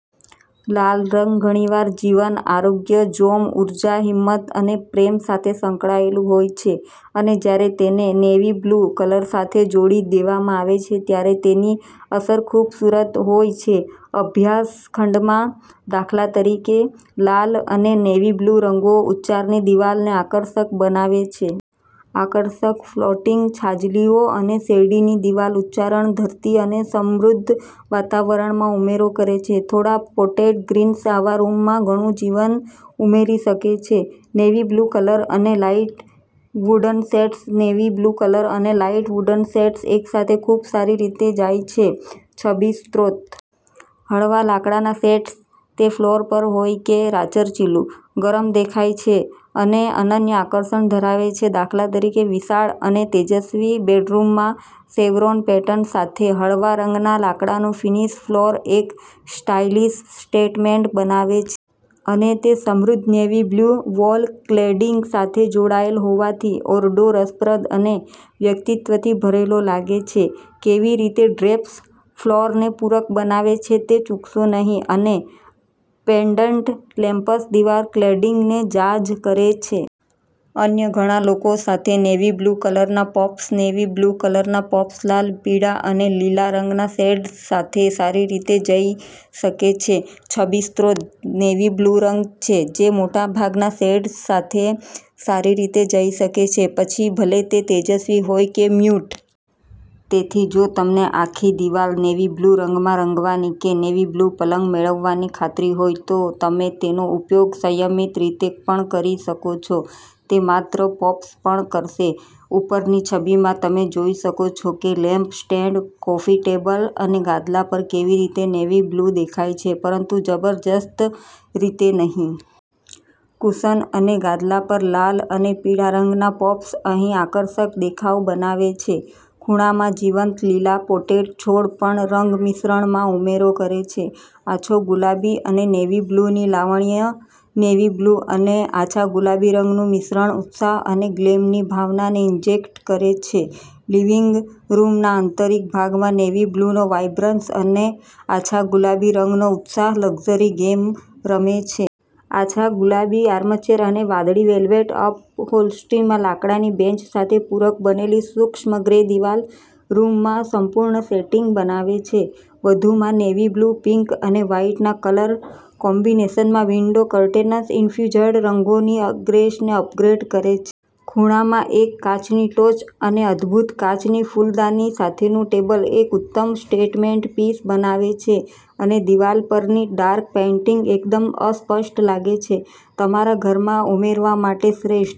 લાલ રંગ ઘણીવાર જીવન, આરોગ્ય, જોમ, ઊર્જા, હિંમત અને પ્રેમ સાથે સંકળાયેલું હોય છે. અને જ્યારે તેને નેવી-બ્લુ કલર સાથે જોડી દેવામાં આવે છે, ત્યારે તેની અસર ખૂબસૂરત હોય છે. અભ્યાસ ખંડમાં, દાખલા તરીકે, લાલ અને નેવી-બ્લુ રંગો ઉચ્ચારની દિવાલને આકર્ષક બનાવે છે. આકર્ષક ફ્લોટિંગ છાજલીઓ અને શેરડીની દિવાલ ઉચ્ચારણ ધરતી અને સમૃદ્ધ વાતાવરણમાં ઉમેરો કરે છે. થોડા પોટેડ ગ્રીન્સ આવા રૂમમાં ઘણું જીવન ઉમેરી શકે છે. નેવી બ્લુ કલર અને light wooden shades navy blue colour અને લાઈટ વુડન શેડ્સ એકસાથે ખૂબસારી રીતે જાય છે છબી સ્ત્રોત. હળવા લાકડાના શેડ્સ, તે ફ્લોર પર હોય કે રાચરચીલું, ગરમ દેખાય છે અને અનન્ય આકર્ષણ ધરાવે છે. દાખલા તરીકે, વિશાળ અને તેજસ્વી બેડરૂમમાં, શેવરોન પેટર્ન સાથે હળવા રંગના લાકડાનું ફિનિશ ફ્લોર એક સ્ટાઇલિશ સ્ટેટમેન્ટ બનાવે છ. અને તે સમૃદ્ધ નેવી-બ્લ્યુ વોલ ક્લેડીંગ સાથે જોડાયેલ હોવાથી, ઓરડો રસપ્રદ અને વ્યક્તિત્વથી ભરેલો લાગે છે. કેવી રીતે ડ્રેપ્સ ફ્લોરને પૂરક બનાવે છે તે ચૂકશો નહીં અને પેન્ડન્ટ લેમ્પ્સ દિવાલ ક્લેડીંગને જાઝ કરે છે. અન્ય ઘણા લોકો સાથે નેવી-બ્લુ કલરના પોપ્સનેવી-બ્લુ કલરના પોપ્સ લાલ, પીળા અને લીલા રંગના શેડ્સ સાથે સારી રીતે જઈ શકે છે છબી સ્ત્રોત. નેવી બ્લુરંગ છે જે મોટાભાગના શેડ્સ સાથે સારી રીતે જઈ શકે છે, પછી ભલે તે તેજસ્વી હોય કે મ્યૂટ. તેથી, જો તમને આખી દિવાલ નેવી-બ્લુ રંગમાં રંગવાની કે નેવી-બ્લુ પલંગ મેળવવાની ખાતરીહોય તો તમે તેનો ઉપયોગ સંયમિત રીતે પણ કરી શકો છો. તે માત્ર પોપ્સ પણ કરશે. ઉપરની છબીમાં, તમે જોઈ શકો છો કે લેમ્પ સ્ટેન્ડ, કોફી ટેબલ અને ગાદલા પર કેવી રીતે નેવી-બ્લુ દેખાય છે, પરંતુ જબરજસ્ત રીતે નહીં. કુશન અને ગાદલા પર લાલ અને પીળા રંગના પોપ્સ અહીં આકર્ષક દેખાવ બનાવે છે. ખૂણામાં જીવંત લીલા પોટેડ છોડ પણ રંગ મિશ્રણમાં ઉમેરો કરે છે. આછો ગુલાબી અને નેવી બ્લુની લાવણ્ય નેવી બ્લુ અને આછા ગુલાબી રંગનું મિશ્રણ ઉત્સાહ અને ગ્લેમની ભાવનાને ઇન્જેક્ટ કરે છે લિવિંગ રૂમના આંતરિક ભાગમાં નેવી બ્લુનો વાઇબ્રન્સ અને આછા ગુલાબી રંગનો ઉત્સાહ લક્ઝરી ગેમ રમે છે. આછા ગુલાબી આર્મચેર અને વાદળી વેલ્વેટ અપહોલ્સ્ટ્રીમાં લાકડાની બેન્ચ સાથે પૂરક બનેલી સૂક્ષ્મ ગ્રે દિવાલ, રૂમમાં સંપૂર્ણ સેટિંગ બનાવે છે. વધુમાં, નેવી બ્લુ, પિંક અને વ્હાઇટના કલર કોમ્બિનેશનમાં વિન્ડો કર્ટેન્સ ઇન્ફ્યુઝ્ડ રંગોની ગ્રેસને અપગ્રેડ કરે છે. ખૂણામાં એક કાચની ટોચ અને અદભૂત કાચની ફૂલદાની સાથેનું ટેબલ એક ઉત્તમ સ્ટેટમેન્ટ પીસ બનાવે છે અને દિવાલ પરની ડાર્ક પેઇન્ટિંગ એકદમ અસ્પષ્ટ લાગે છે. તમારા ઘરમાં ઉમેરવા માટે શ્રેષ્ઠ